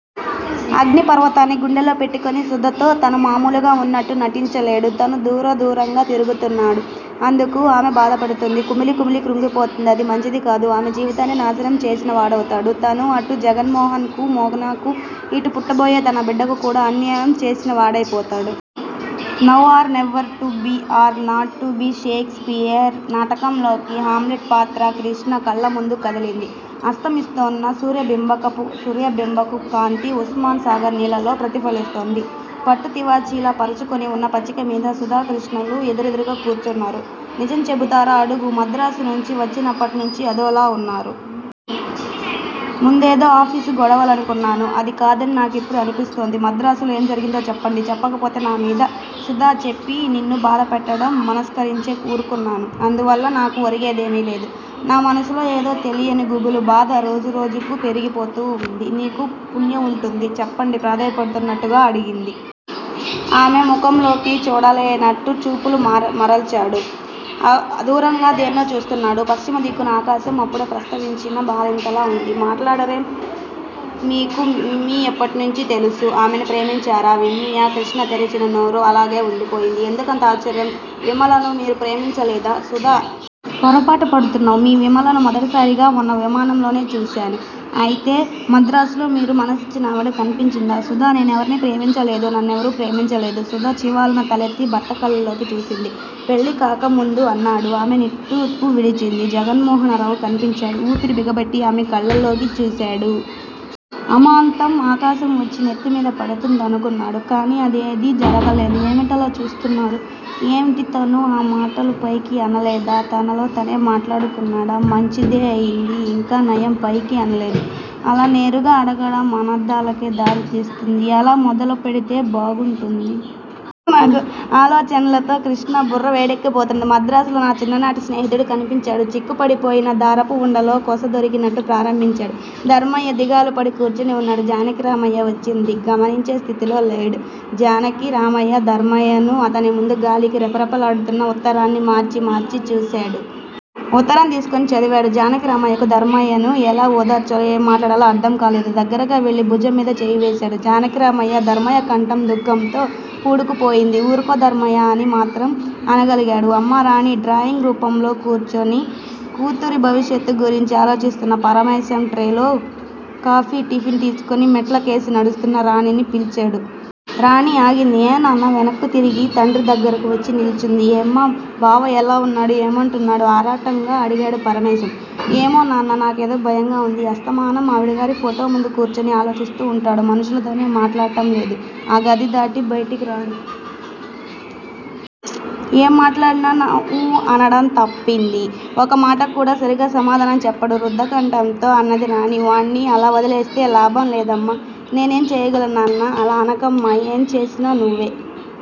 అగ్నిపర్వతాన్ని గుండెల్లో పెట్టుకొని సుధతో తను మామూలుగా వున్నట్టు నటించలేడు. తను దూరదూరంగా తిరుగుతాడు. అందుకు ఆమె బాధపడుతుంది. కుమిలికుమిలి కృంగిపోతుంది. అది మంచిదికాదు. ఆమె జీవితాన్నే నాశనం చేసినవాడౌతాడు తను. అటు జగన్మోహన్ కూ, మోనాకూ, ఇటు పుట్టబోయే తన బిడ్డకు కూడా అన్యాయం చేసినవాడైపోతాడు. Now or never! To be or not to be! Shakespeare నాటకంలోని హామ్లెట్ పాత్ర కృష్ణ కళ్ళముందు కదిలింది. అస్తమిస్తోన్న సూర్యబింబపుకాంతి ఉస్మాన్ సాగర్ నీళ్ళలో ప్రతిఫలిస్తోంది. పట్టుతివాచీలా పరచుకొనివున్న పచ్చికమీద సుధాకృష్ణలు ఎదురెదురుగా కూర్చున్నారు. నిజం చెబుతారా? అడుగు. మద్రాసునుంచి వచ్చినప్పటినుంచీ అదోలా వున్నారు. ముందేదో ఆఫీసు గొడవలనుకున్నాను. అది కాదని నాకిప్పుడు అనిపిస్తోంది. మద్రాసులో ఏం జరిగిందో చెప్పండి. చెప్పకపోతే నామీద__ సుధా! చెప్పి నిన్ను బాధపెట్టడం మనస్కరించకే వూరుకున్నాను. అందువల్ల నాకు ఒరిగిందేమీ లేదు. నా మనసులో ఏదో తెలియని గుబులు బాధ రోజురోజుకూ పెరిగిపోతూ వుంది. మీకు పుణ్యం ఉంటుంది చెప్పండి ప్రాధేయపడుతున్నట్టుగా అడిగింది. ఆమె ముఖంలోకి చూడలేనట్టు చూపులు మరల్చాడు. దూరంగా దేన్నో చూస్తున్నాడు. పశ్చిమదిక్కున ఆకాశం అప్పుడే ప్రసవించిన బాలింతలా వుంది. మాట్లాడరేం? మీకు విమ్మీ ఎప్పటినుంచి తెలుసు? ఆమెను ప్రేమించారా? విమ్మీయా? కృష్ణ తెరిచిన నోరు అలాగే వుండిపోయింది. ఎందుకంత ఆశ్చర్యం? విమలను మీరు ప్రేమించలేదా? సుధా! పొరపడుతున్నావ్. మీ విమలను మొదటిసారిగా మొన్న విమానంలోనే చూశాను. అయితే మద్రాసులో మీరు మనసిచ్చిన ఆవిడ కన్పించిందా? సుధా నేనెవరినీ ప్రేమించలేదు. నన్నెవరూ ప్రేమించలేదు. సుధ చివాలున తలెత్తి భర్త కళ్ళల్లోకి చూసింది. పెళ్ళికాకముందు అన్నాడు. ఆమె నిట్టూర్పు విడిచింది. జగన్మోహనరావు కన్పించాడు! ఊపిరి బిగబట్టి ఆమె కళ్ళల్లోకి చూశాడు. అమాంతం ఆకాశం వచ్చి నెత్తిమీద పడుతుందనుకున్నాడు. కాని అదేమీ జరగలేదు. ఏమిటలా చూస్తున్నారూ? ఏమిటీ? తను ఆ మాటలు పైకి అనలేదా? తనలో తనే మాట్లాడుకున్నాడా? మంచిదే అయింది. ఇంకా నయం పైకి అనలేదు. అలా నేరుగా అడగడం అనర్దాలకే దారితీస్తుంది. ఎలా మొదలుపెడితే బాగుంటుంది? ఆలోచనలతో కృష్ణ బుర్ర వేడెక్కిపోతున్నది. మద్రాసులో నా చిన్ననాటి స్నేహితుడు కన్పించాడు చిక్కుపడి పోయిన దారపుఉండలో కొస దొరికినట్టు ప్రారంభించాడు. ధర్మయ్య దిగాలుపడి కూర్చుని వున్నాడు. జానకిరామయ్య వచ్చింది గమనించే స్థితిలో లేడు. జానకిరామయ్య, ధర్మయ్యనూ, అతనిముందు గాలికి రెపరెప లాడుతున్న ఉత్తరాన్నీ మార్చి మార్చి చూశాడు. ఉత్తరం తీసుకొని చదివాడు. జానకిరామయ్యకు ధర్మయ్యను ఎలా ఓదార్చాలో, ఏం మాట్లాడాలో అర్ధం కాలేదు. దగ్గరగావెళ్ళి భుజంమీద చెయ్యివేశాడు. జానకిరామయ్యా! ధర్మయ్య కంఠం దుఃఖంతో పూడుకుపోయింది. ఊరుకో ధర్మయ్యా! అని మాత్రం అనగలిగాడు. అమ్మా రాణీ! డ్రాయింగ్ రూంలో కూర్చుని కూతురి భవిష్యత్తు గురించి ఆలోచిస్తున్న పరమేశం, ట్రేలో కాఫీ, టిఫిన్ తీసుకొని మెట్ల కేసి నడుస్తున్న రాణిని పిల్చాడు. రాణి ఆగింది. ఏం నాన్నా? వెనక్కు తిరిగి తండ్రి దగ్గరకువచ్చి నిల్చుంది. ఏమ్మా? బావ ఎలా వున్నాడు? ఏమంటున్నాడు? ఆరాటంగా అడిగాడు పరమేశం. ఏమో నాన్నా! నాకేదో భయంగా వుంది. అస్తమానం ఆవిడగారి ఫొటో ముందు కూర్చుని ఆలోచిస్తూ వుంటాడు. మనుషులతోనే మాట్లాడటంలేదు. ఆ గది దాటి బయటికిరాడు. ఏం మాట్లాడినా ఆఁ ఊఁ అనడం తప్పించి ఒక్క మాటకు కూడా సరిగా సమాధానం చెప్పడు రుద్ధకంఠంతో అన్నది రాణి. వాణ్ణి అలా వదిలేస్తే లాభం లేదమ్మా! నేనేం చెయ్యగలను నాన్నా! అలా అనకమ్మా! ఏం చేసినా నువ్వే